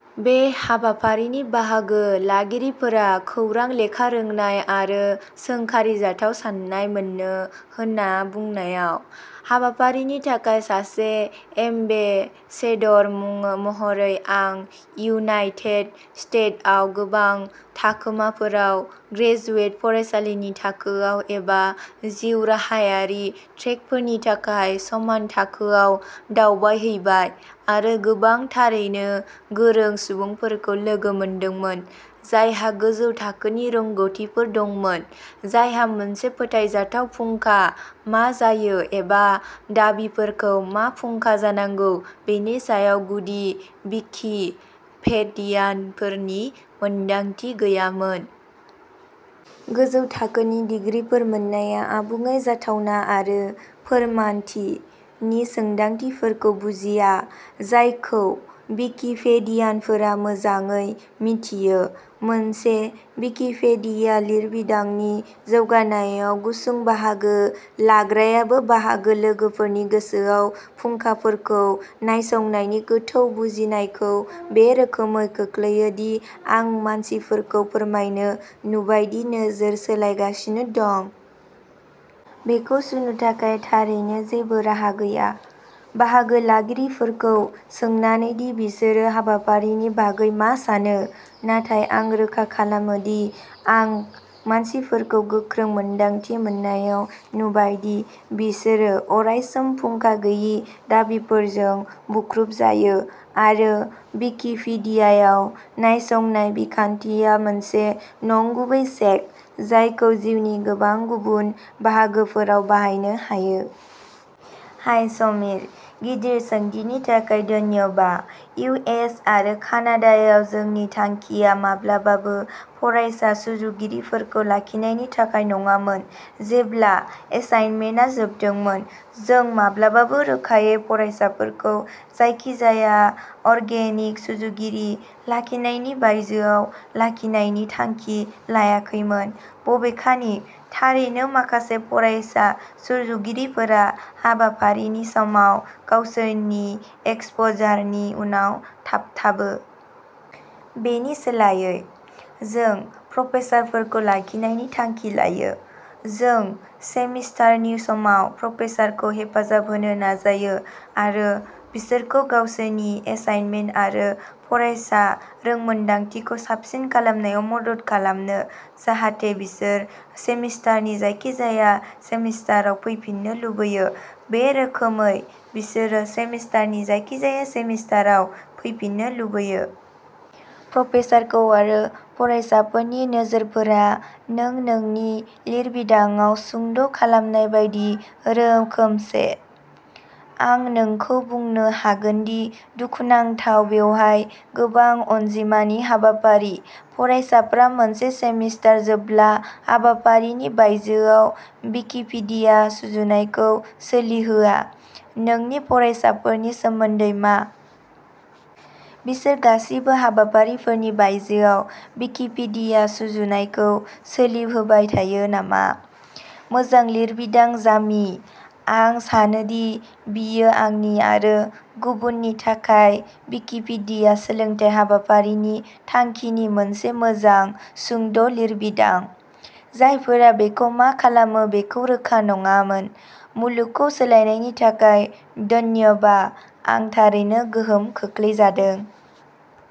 बे हाबाफारिनि बाहागो लागिरिफोरा "खौरां लेखा रोंनाय आरो सोंखारिजाथाव साननाय" मोनो होन्ना बुंनायाव। हाबाफारिनि थाखाय सासे "एम्बेसेडर" मुं महरै, आं इउनायटेड स्टेट्सआव गोबां थाखोफोराव ग्रेजुवेट फरायसालि थाखोआव एबा जिउराहायारि ट्रेकफोरनि थाखाय समान थाखोआव दावबायहैबाय आरो गोबां थारैनो गोरों सुबुंफोरखौ लोगो मोनदोंमोन, जायहा गोजौ थाखोनि रोंग'थिफोर दंमोन, जायहा मोनसे फोथायजाथाव फुंखा मा जायो एबा दाबिफोरखौ मा फुंखा जानांगौ बेनि सायाव गुदि विकिपेडियानफोरनि मोनदांथि गैयामोन। गोजौ थाखोनि डिग्रीफोर मोननाया आबुङै जाथावना आरो "फोरमानथि" नि सानदांथिखौ बुजिया, जायखौ विकिपेडियानफोरा मोजाङै मिथियो। मोनसे विकिपीडिया लिरबिदांनि जौगानायाव गुसुं बाहागो लाग्रायाबो बाहागो लागिरिफोरनि गोसोआव फुंखाफोरखौ नायसंनायनि गोथौ बुजिनायखौ बे रोखोमै खोख्लैयो दि आं मानसिफोरखौ फोरमायनो नुबाय दि नोजोर सोलायगासिनो दं। बेखौ सुनो थाखाय थारैनो जेबो राहा गैया। बाहागो लागिरिफोरखौ सोंनानै दि बिसोर हाबाफारिनि बागै मा सानो, नाथाय आं रोखा खालामो दि आं मानसिफोरखौ गोख्रै मोन्दांथि मोननायाव नुबाय दि बिसोर अरायसम फुंखा गैयै दाबिफोरजों बुख्रुबजायो आरो विकिपीडियायाव नायसंनाय बिखान्थिया मोनसे नंगुबै चेक जायखौ जिउनि गोबां गुबुन बाहागोफोराव बाहायनो हायो। हाय, समीर! गिदिर सोंथिनि थाखाय धन्यबा। इउ. एस. आरो कानाडायाव, जोंनि थांखिया माब्लाबाबो फरायसा सुजुगिरिफोरखौ लाखिनायनि थाखाय नङामोन जेब्ला एसाइनमेन्टआ जोबदोंमोन। जों माब्लाबाबो रोखायै फरायसाफोरखौ जायखिजाया अर्गेनिक सुजुगिरि लाखिनायनि बायजोआव लाखिनायनि थांखि लायाखैमोन, बबेखानि थारैनो माखासे फरायसा सुजुगिरिफोरा हाबाफारिनि समाव गावसोरनि एक्सप'जारनि उनाव थाबथाबो। बेनि सोलायै, जों प्रफेसारफोरखौ लाखिनायनि थांखि लायो। जों सेमिस्टारनि समाव प्रफेसारफोरखौ हेफाजाब होनो नाजायो आरो बिसोरखौ गावसोरनि एसाइनमेन्ट आरो फरायसा रोंमोनदांथिखौ साबसिन खालामनायाव मदद खालामो जाहाथे बिसोरो सेमिस्टारनि जायखिजाया सेमिस्टाराव फैफिननो लुबैयो। बे रोखोमै, बिसोरो सेमिस्टारनि जायखिजाया सेमिस्टाराव फैफिननो लुबैयो। प्रफेसारफोर आरो फरायसाफोरनि नोजोरफोरा नों नोंनि लिरबिदांआव सुंद'खालामनाय बायदि रोखोमसे। आं नोंखौ बुंनो हागोन दि दुखुनांथावै बेवहाय गोबां अनजिमानि हाबाफारि फरायसाफ्रा मोनसे सेमिस्टार जोबब्ला हाबाफारिनि बायजोआव विकिपीडिया सुजुनायखौ सोलिहोआ, नोंनि फरायसाफोरनि सोमोन्दै मा? बिसोर गासैबो हाबाफारिनि बायजोआव विकिपीडिया सुजुनायखौ सोलिहोबाय थायो नामा? मोजां लिरबिदां जामी। आं सानोदि बेयो आंनि आरो गुबुनफोरनि थाखाय विकिपीडिया सोलोंथाय हाबाफारिनि थांखिनि मोनसे मोजां सुंद'लिरबिदां, जायफोरा बेखौ मा खालामो बेखौ रोखा नङामोन। मुलुगखौ सोलायनायनि थाखाय धन्यबा! आं थारैनो गोहोम खोख्लैजादों।